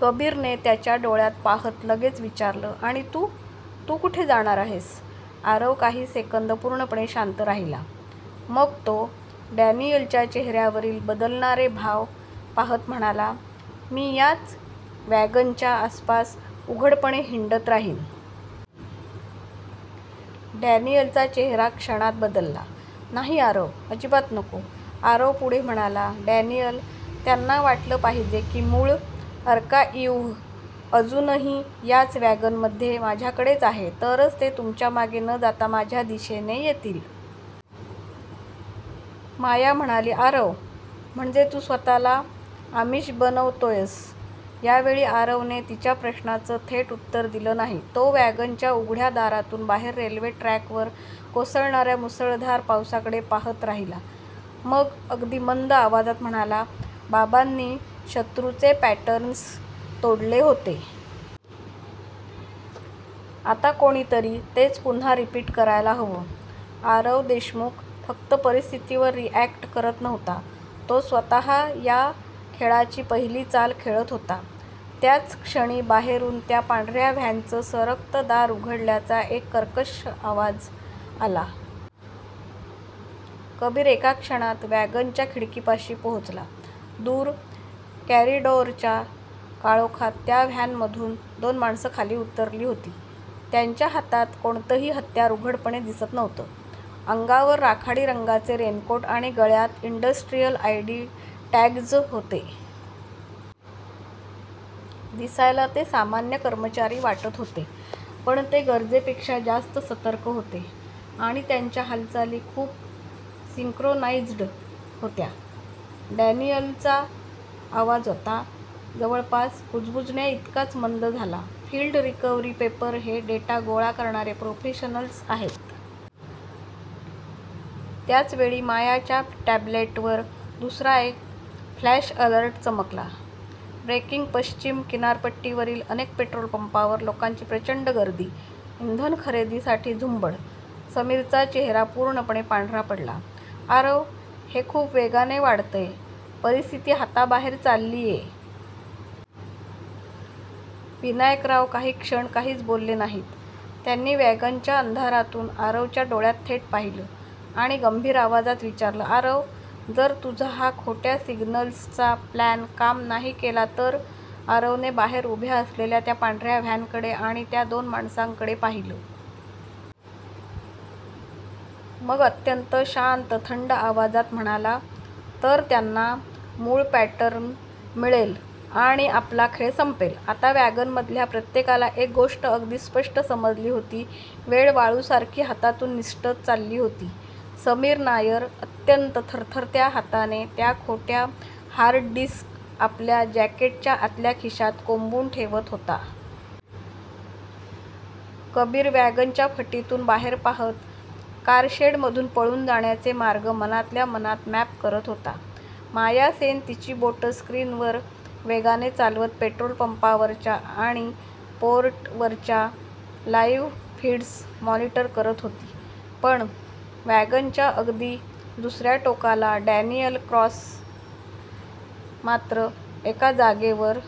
कबीरने त्याच्या डोळ्यात पाहत लगेच विचारलं, आणि तू? तू कुठे जाणार आहेस? आरव काही सेकंद पूर्णपणे शांत राहिला. मग तो डॅनियलच्या चेहऱ्यावरील बदलणारे भाव पाहत म्हणाला, "मी याच वॅगनच्या आसपास उघडपणे हिंडत राहीन." डॅनियलचा चेहरा क्षणात बदलला, "नाही आरव, अजिबात नको! " आरव पुढे म्हणाला, "डॅनियल, त्यांना वाटलं पाहिजे की मूळ आर्काइव्ह अजूनही याच वॅगनमध्ये, माझ्याकडेच आहे. तरच ते तुमच्या मागे न जाता माझ्या दिशेने येतील." माया म्हणाली, "आरव, म्हणजे तू स्वतःला आमिष बनवतोयस? " यावेळी आरवने तिच्या प्रश्नाचं थेट उत्तर दिलं नाही. तो वॅगनच्या उघड्या दारातून बाहेर रेल्वे ट्रॅकवर कोसळणाऱ्या मुसळधार पावसाकडे पाहत राहिला. मग अगदी मंद आवाजात म्हणाला, "बाबांनी शत्रूचे पॅटर्न्स तोडले होते. आता कोणीतरी तेच पुन्हा रिपीट करायला हवं." आरव देशमुख फक्त परिस्थितीवर रिअॅक्ट करत नव्हता. तो स्वतः या खेळाची पहिली चाल खेळत होता. त्याच क्षणी बाहेरून त्या पांढऱ्या व्हॅनचं सरकतं दार उघडल्याचा एक कर्कश आवाज आला. कबीर एका क्षणात वॅगनच्या खिडकीपाशी पोहोचला. दूर कॉरिडॉरच्या काळोखात त्या व्हॅनमधून दोन माणसं खाली उतरली होती. त्यांच्या हातात कोणतंही हत्यार उघडपणे दिसत नव्हतं. अंगावर राखाडी रंगाचे रेनकोट आणि गळ्यात इंडस्ट्रियल आयडी टॅग्ज होते. दिसायला ते सामान्य कर्मचारी वाटत होते, पण ते गरजेपेक्षा जास्त सतर्क होते आणि त्यांच्या हालचाली खूप सिंक्रोनाइज्ड होत्या. डॅनियलचा आवाज आता जवळपास कुजबुजण्याइतकाच मंद झाला, "फील्ड रिकव्हरी पेअर हे डेटा गोळा करणारे प्रोफेशनल्स आहेत." त्याच वेळी मायाच्या टॅब्लेटवर दुसरा एक फ्लॅश अलर्ट चमकला ब्रेकिंग पश्चिम किनारपट्टीवरील अनेक पेट्रोल पंपांवर लोकांची प्रचंड गर्दी. इंधन खरेदीसाठी झुंबड. समीरचा चेहरा पूर्णपणे पांढरा पडला, "आरव, हे खूप वेगाने वाढतंय. परिस्थिती हाताबाहेर चाललीये." विनायकराव काही क्षण काहीच बोलले नाहीत. त्यांनी वॅगनच्या अंधारातून आरवच्या डोळ्यात थेट पाहिलं आणि गंभीर आवाजात विचारलं, "आरव, जर तुझा हा खोट्या सिग्नल्सचा प्लॅन काम नाही केला तर?" आरवने बाहेर उभ्या असलेल्या त्या पांढऱ्या व्हॅनकडे आणि त्या दोन माणसांकडे पाहिलं. मग अत्यंत शांत, थंड आवाजात म्हणाला, "तर त्यांना मूळ पॅटर्न मिळेल आणि आपला खेळ संपेल." आता वॅगनमधल्या प्रत्येकाला एक गोष्ट अगदी स्पष्ट समजली होती, वेळ वाळूसारखी हातातून निसटत चालली होती. समीर नायर अत्यंत थरथरत्या हाताने त्या खोट्या हार्डडिस्क आपल्या जॅकेटच्या आतल्या खिशात कोंबून ठेवत होता. कबीर वॅगनच्या फटीतून बाहेर पाहत कारशेडमधून पळून जाण्याचे मार्ग मनातल्या मनात मॅप करत होता. माया सेन तिची बोटं स्क्रीनवर वेगाने चालवत पेट्रोल पंपावरच्या आणि पोर्टवरच्या लाईव्ह फीड्स मॉनिटर करत होती. पण वॅगनच्या अगदी दुसऱ्या टोकाला डॅनियल क्रॉस मात्र एका जागेवर